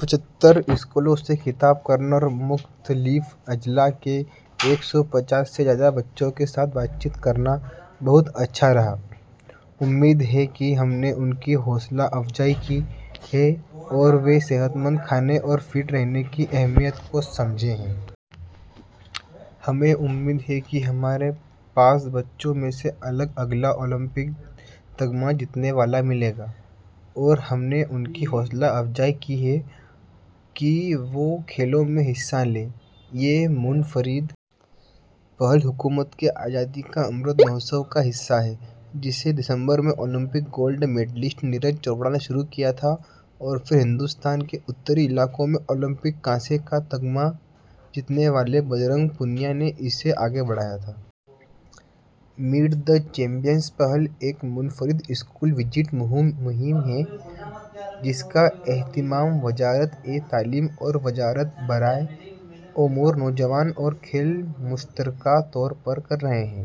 پچھتر اسکولوں سے خطاب کرنا اور مختلف اضلاع کے ایک سو پچاس سے زیادہ بچوں کے ساتھ بات چیت کرنا بہت اچھا رہا۔ امید ہے کہ ہم نے ان کی حوصلہ افزائی کی ہے اور وہ صحت مند کھانے اور فٹ رہنے کی اہمیت کو سمجھے ہیں۔ ہمیں امید ہے کہ ہمارے پاس بچوں میں سے اگلا اولمپک تمغہ جیتنے والا ملے گا اور ہم نے ان کی حوصلہ افزائی کی ہے کہ وہ کھیلوں میں حصہ لیں۔ یہ منفرد پہل حکومت کے آزادی کا امرت مہوتسو کا حصہ ہے، جسے دسمبر میں Olympic gold medalist Neeraj Chopra نے شروع کیا تھا اور پھر ہندوستان کے شمالی علاقے میں اولمپک کانسے کا تمغہ جیتنے والے بجرنگ پونیا نے اسے آگے بڑھایا تھا۔ میٹ دی چیمپئنز پہل ایک منفرد اسکول وزٹ مہم ہے، جس کا اہتمام وزارت تعلیم اور وزارت برائے امور نوجوان اور کھیل مشترکہ طور پر کر رہے ہیں۔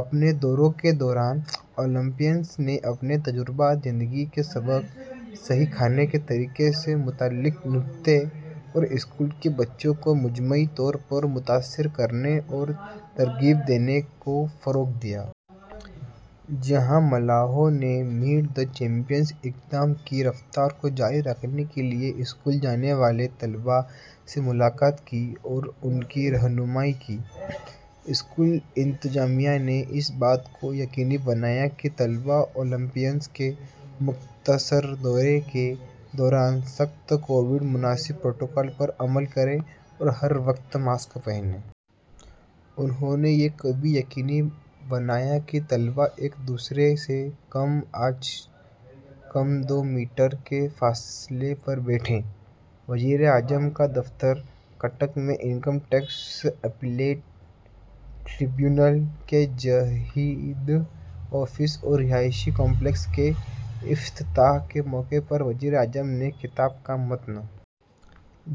اپنے دورے کے دوران، اولمپیئنز نے اپنے تجربات، زندگی کے اسباق، صحیح کھانے کے طریقے سے متعلق نکات اور اسکول کے بچوں کو مجموعی طور پر متاثر کرنے اور ترغیب دینے کو فروغ دیا۔ جہاں ملاحوں نے میٹ دی چیمپئنز اقدام کی رفتار کو جاری رکھنے کے لیے اسکول جانے والے طلباء سے ملاقات کی اور ان کی رہنمائی کی، اسکول انتظامیہ نے اس بات کو یقینی بنایا کہ طلباء اولمپیئنز کے مختصر دورے کے دوران سخت کووڈ مناسب پروٹوکول پر عمل کریں اور ہر وقت ماسک پہنیں۔ انہوں نے یہ بھی یقینی بنایا کہ طلباء ایک دوسرے سے کم از کم دو میٹر کے فاصلے پر بیٹھیں۔ وزیراعظم کا دفتر۔ کٹک میں انکم ٹیکس اپیلیٹ ٹریبیونل کے جدید آفس اور رہائشی کامپلیکس کے افتتاح کے موقع پر وزیر اعظم کے خطاب کا متن۔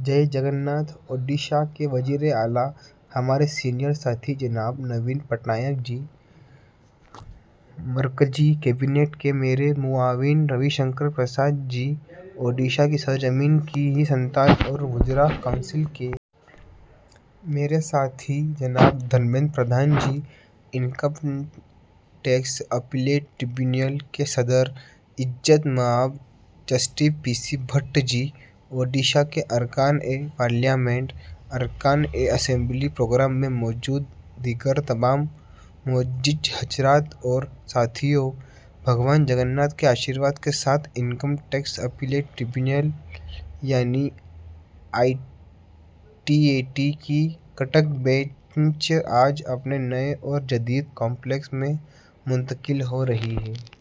جے جگن ناتھ! اڈیشہ کے وزیر اعلیٰ، ہمارے سینئر ساتھی جناب نوین پٹنائک جی، مرکزی کابینہ کے میرے معاون روی شنکر پرساد جی، اڈیشہ کی سرزمین کی ہی سنتان اور وزراء کونسل کے میرے ساتھی جناب Dharmendra Pradhan ji, income tax appellate tribunal کے صدر، عزت مآب justice P P Bhat ji, Odisha کے اراکین پارلیمنٹ، اراکین اسمبلی، پروگرام میں موجود دیگر تمام معزز حضرات اور ساتھیو، بھگوان جگن ناتھ کے آشیرواد کے ساتھ انکم ٹیکس اپیلیٹ ٹربیونل یعنی آئی ٹی اے ٹی کی کٹک بینچ آج اپنے نئے اور جدید کامپلیکس میں منتقل ہو رہی ہے۔